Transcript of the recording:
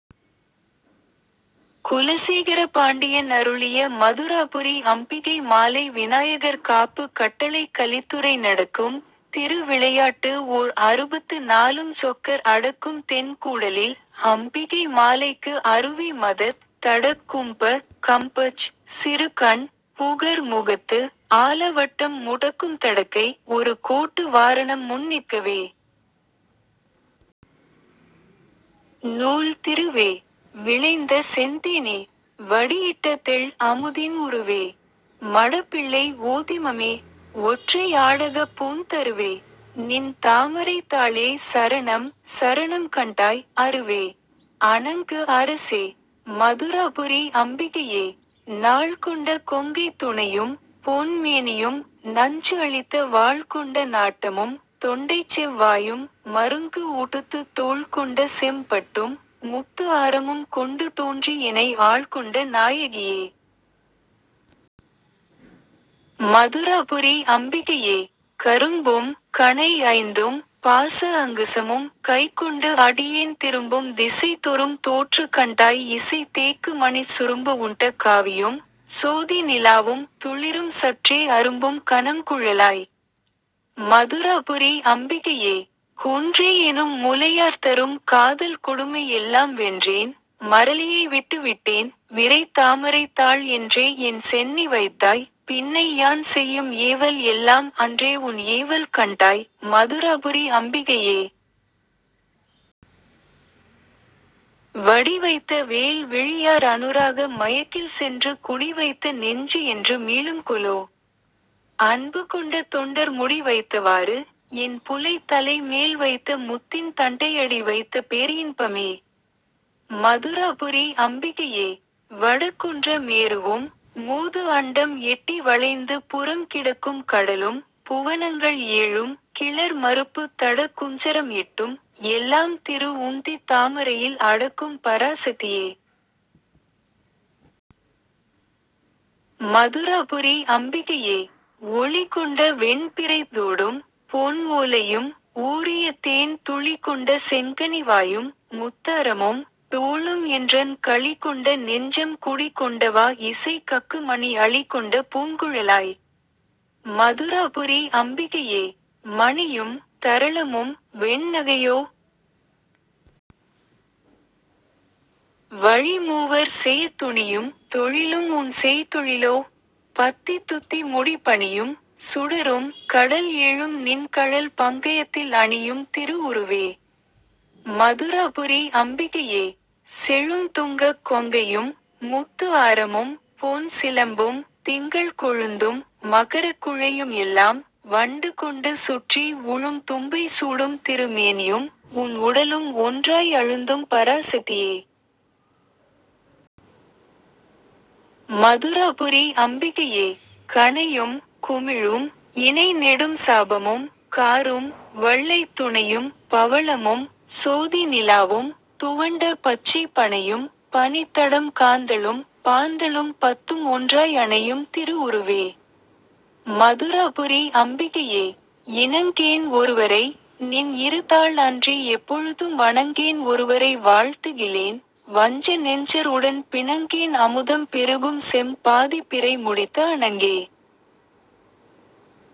குலசேகர பாண்டியன் அருளிய மதுராபுரி அம்பிகை மாலை விநாயகர் காப்பு கட்டளைக் கலித்துறை நடக்கும் திரு விளையாட்டு ஓர் அறுபத்து நாலும் சொக்கர் அடக்கும் தென் கூடலில் அம்பிகை மாலைக்கு அருவி மதத், தடக் கும்ப, கம்பச், சிறு கண், புகர் முகத்து, ஆல வட்டம் முடக்கும் தடக்கை, ஒரு கோட்டு வாரணம் முன் நிற்கவே. நூல் திருவே! விளைந்த செந்தேனே! வடி இட்ட தெள் அமுதின் உருவே! மடப் பிள்ளை ஓதிமமே! ஒற்றை ஆடகப் பூந் தருவே! நின் தாமரைத் தாளே சரணம், சரணம் கண்டாய், அருவே! அணங்கு அரசே! மதுராபுரி அம்பிகையே!. நாள் கொண்ட கொங்கைத் துணையும், பொன் மேனியும், நஞ்சு அளித்த வாள் கொண்ட நாட்டமும், தொண்டைச் செவ் வாயும், மருங்கு உடுத்துத் தோள் கொண்ட செம் பட்டும், முத்து ஆரமும் கொண்டு தோன்றி எனை ஆள் கொண்ட நாயகியே! மதுராபுரி அம்பிகையே!. கரும்பும், கணை ஐந்தும், பாச அங்குசமும், கைக் கொண்டு அடியேன் திரும்பும் திசை தொறும் தோற்று கண்டாய் இசை தேக்கு மணிச் சுரும்பு உண்ட காவியும், சோதி நிலாவும், துளிரும் சற்றே அரும்பும் கனம் குழலாய்! மதுராபுரி அம்பிகையே!. குன்றே எனும் முலையார் தரும் காதல் கொடுமை எல்லாம் வென்றேன், மறலியை விட்டு விட்டேன், விரைத் தாமரைத் தாள் என்றே என் சென்னி வைத்தாய், பின்னை யான் செய்யும் ஏவல் எல்லாம் அன்றே உன் ஏவல் கண்டாய், மதுராபுரி அம்பிகையே!. வடி வைத்த வேல் விழியார் அநுராக மயக்கில் சென்று குடி வைத்த நெஞ்சு என்று மீளும் கொலோ! அன்பு கொண்ட தொண்டர் முடி வைத்தவாறு, என் புலைத் தலை மேல் வைத்த முத்தின் தண்டை அடி வைத்த பேர் இன்பமே! மதுராபுரி அம்பிகையே!. வடக் குன்ற மேருவும், மூது அண்டம் எட்டி வளைந்து புறம் கிடக்கும் கடலும், புவனங்கள் ஏழும், கிளர் மருப்புத் தடக் குஞ்சரம் எட்டும், எல்லாம் திரு உந்தித் தாமரையில் அடக்கும் பராசக்தியே! மதுராபுரி அம்பிகையே!. ஒளி கொண்ட வெண் பிறைத் தோடும், பொன் ஓலையும், ஊறிய தேன் துளி கொண்ட செங்கனி வாயும், முத்தாரமும், தோளும் என்றன் களி கொண்ட நெஞ்சம் குடி கொண்டவா இசை கக்கு மணி அளி கொண்ட பூங்குழலாய்! மதுராபுரி அம்பிகையே!. மணியும், தரளமும், வெண் நகையோ? வழி மூவர் செயத் துணியும், தொழிலும் உன் செய் தொழிலோ? பத்தித் துத்தி முடிப் பணியும், சுடரும், கடல் ஏழும் நின் கழல் பங்கயத்தில் அணியும் திரு உருவே! மதுராபுரி அம்பிகையே!. செழும் துங்கக் கொங்கையும், முத்து ஆரமும், பொன் சிலம்பும், திங்கள் கொழுந்தும், மகரக் குழையும் எல்லாம், வண்டு கொண்டு சுற்றி உழும் தும்பை சூடும் திரு மேனியும், உன் உடலும் ஒன்றாய் அழுந்தும் பராசக்தியே! மதுராபுரி அம்பிகையே!. கணையும், குமிழும், இணை நெடும் சாபமும், காரும், வள்ளைத் துணையும், பவளமும், சோதி நிலாவும், துவண்ட பச்சைப் பணையும், பனித் தடம் காந்தளும், பாந்தளும் பத்தும் ஒன்றாய் அணையும் திரு உருவே! மதுராபுரி அம்பிகையே!. இணங்கேன் ஒருவரை; நின் இரு தாள் அன்றி எப்பொழுதும் வணங்கேன் ஒருவரை வாழ்த்துகிலேன்; வஞ்ச நெஞ்சர் உடன் பிணங்கேன் அமுதம் பெருகும் செம் பாதிப் பிறை முடித்த அணங்கே!